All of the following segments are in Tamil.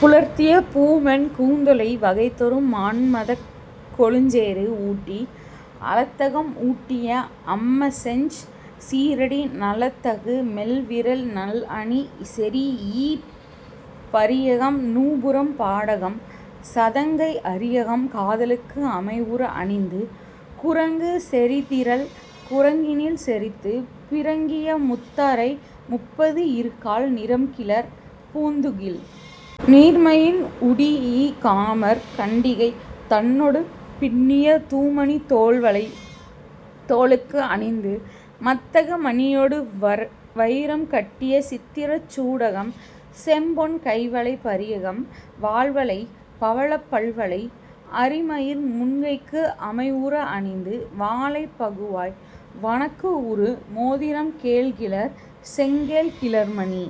புலர்த்திய பூமென் கூந்தலை வகைதொறும் மான்மதக் கொழுஞ்சேறு ஊட்டி, அலத்தகம் ஊட்டிய அம்செஞ் சீறடி நலத்தகு மெல்விரல் நல்அணி செறீஇப், பரியகம் நூபுரம் பாடகம் சதங்கை அரியகம் காலுக்கு அமைவுற அணிந்து, குறங்கு செறிதிரள் குறங்கினில் செறித்து, பிறங்கிய முத்தரை முப்பத்து இருகாழ் நிறம்கிளர் பூந்துகில் நீர்மையின் உடீஇ, காமர் கண்டிகை தன்னொடு பின்னிய தூமணித் தோள்வளை தோளுக்கு அணிந்து, மத்தக மணியொடு வயிரம் கட்டிய சித்திரச் சூடகம் செம்பொன் கைவளை பரியகம் வால்வளை பவழப் பல்வளை அரிமயிர் முன்கைக்கு அமைவுற அணிந்து, வாளைப் பகுவாய் வணக்குஉறு மோதிரம் கேழ்கிளர் செங்கேழ் கிளர்மணி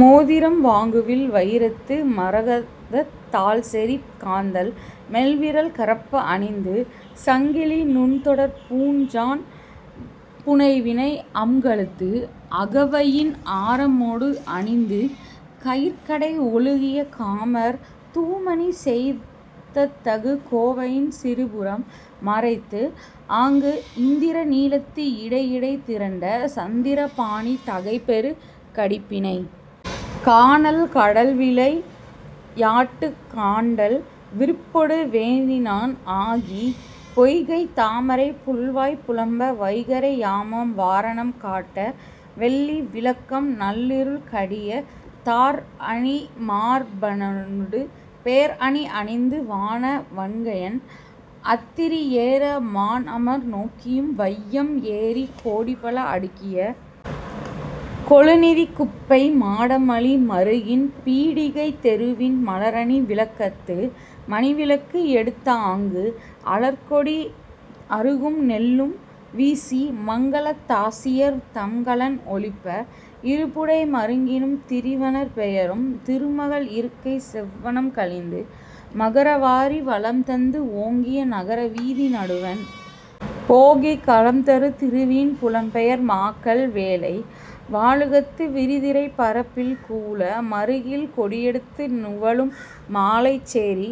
மோதிரம் வாங்குவில் வயிரத்து மரகதத் தாள்செறி காந்தள் மெல்விரல் கரப்ப அணிந்து, சங்கிலி நுண்தொடர் பூண்ஞான் புனைவினை அம்கழுத்து அகவயின் ஆரமோடு அணிந்து, கயிற்கடை ஒழுகிய காமர் தூமணி செயத்தகு கோவையின் சிறுபுறம் மறைத்துஆங்கு இந்திர நீலத்து இடைஇடை திரண்ட சந்திர பாணி தகைபெறு கடிப்பிணை கானல் கடல்விளை யாட்டுக் காண்டல் விருப்பொடு வேண்டினள் ஆகி, பொய்கைத் தாமரைப் புள்வாய் புலம்ப வைகறை யாமம் வாரணம் காட்ட வெள்ளி விளக்கம் நள்இருள் கடியத் தார்அணி மார்பனொடு பேர்அணி அணிந்து வான வண்கையன் அத்திரி ஏற மான்அமர் நோக்கியும் வையம் ஏறிக் கோடிபல அடுக்கிய கொழுநிதிக் குப்பை மாடமலி மறுகின் பீடிகைத் தெருவின் மலர்அணி விளக்கத்து மணிவிளக்கு எடுத்துஆங்கு அலர்க்கொடி அறுகும் நெல்லும் வீசி மங்கலத் தாசியர் தம்கலன் ஒலிப்ப இருபுடை மருங்கினும் திரிவனர் பெயரும் திருமகள் இருக்கை செவ்வனம் கழிந்து மகர வாரி வளம்தந்து ஓங்கிய நகர வீதி நடுவண் போகிக் கலம்தரு திருவின் புலம்பெயர் மாக்கள் வேலை வாலுகத்து விரிதிரைப் பரப்பில் கூல மறுகில் கொடிஎடுத்து நுவலும் மாலைச் சேரி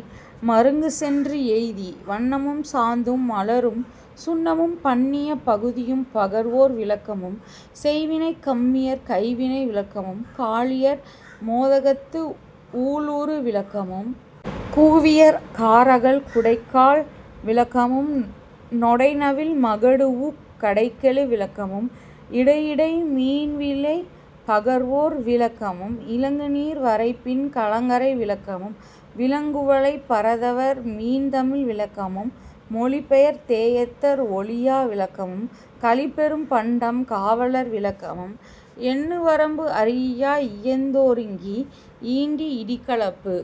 மருங்குசென்று எய்தி, வண்ணமும் சாந்தும் மலரும் சுண்ணமும் பண்ணியப் பகுதியும் பகர்வோர் விளக்கமும், செய்வினைக் கம்மியர் கைவினை விளக்கமும், காழியர் மோதகத்து ஊழ்உறு விளக்கமும், கூவியர் கார்அகல் குடக்கால் விளக்கமும், நொடைநவில் மகடூஉக் கடைகெழு விளக்கமும், இடைஇடை மீன்விலை பகர்வோர் விளக்கமும், இலங்குநீர் வரைப்பின் கலங்கரை விளக்கமும், விலங்குவலைப் பரதவர் மீன்திமில் விளக்கமும், பொழிபெயர் தேஎத்தர் ஒழியா விளக்கமும், கழிபெரும் பண்டம் காவலர் விளக்கமும் எண்ணுவரம்பு அறியா இயைந்துஒருங்கு ஈண்டி இடிக்கலப்பு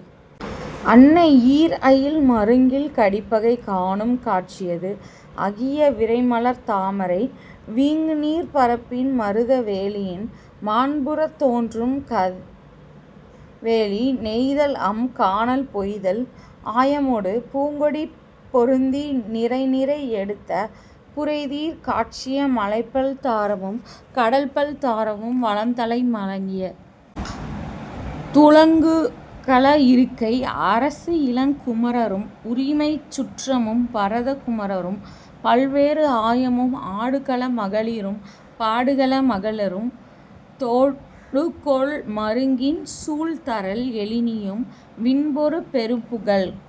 அன்ன ஈர்அயில் மருங்கில் கடிப்பகை காணும் காட்சியது ஆகிய விரைமலர்த் தாமரை வீங்குநீர்ப் பரப்பின் மருத வேலியின் மாண்புறத் தோன்றும் கைதை வேலி நெய்தல்அம் கானல் பொய்தல் ஆயமொடு பூங்கொடி பொருந்தி நிரைநிரை எடுத்த புரைதீர் காட்சிய மலைப்பல் தாரமும் கடல்பல் தாரமும் வளம்தலை மயங்கிய துளங்குகல இருக்கை அரசுஇளங் குமரரும் உரிமைச் சுற்றமும் பரத குமரரும் பல்வேறு ஆயமும் ஆடுகள மகளிரும் பாடுகள மகளிரும் தோடுகொள் மருங்கின் சூழ்தரல் எழினியும் விண்பொரு பெரும்புகழ்க்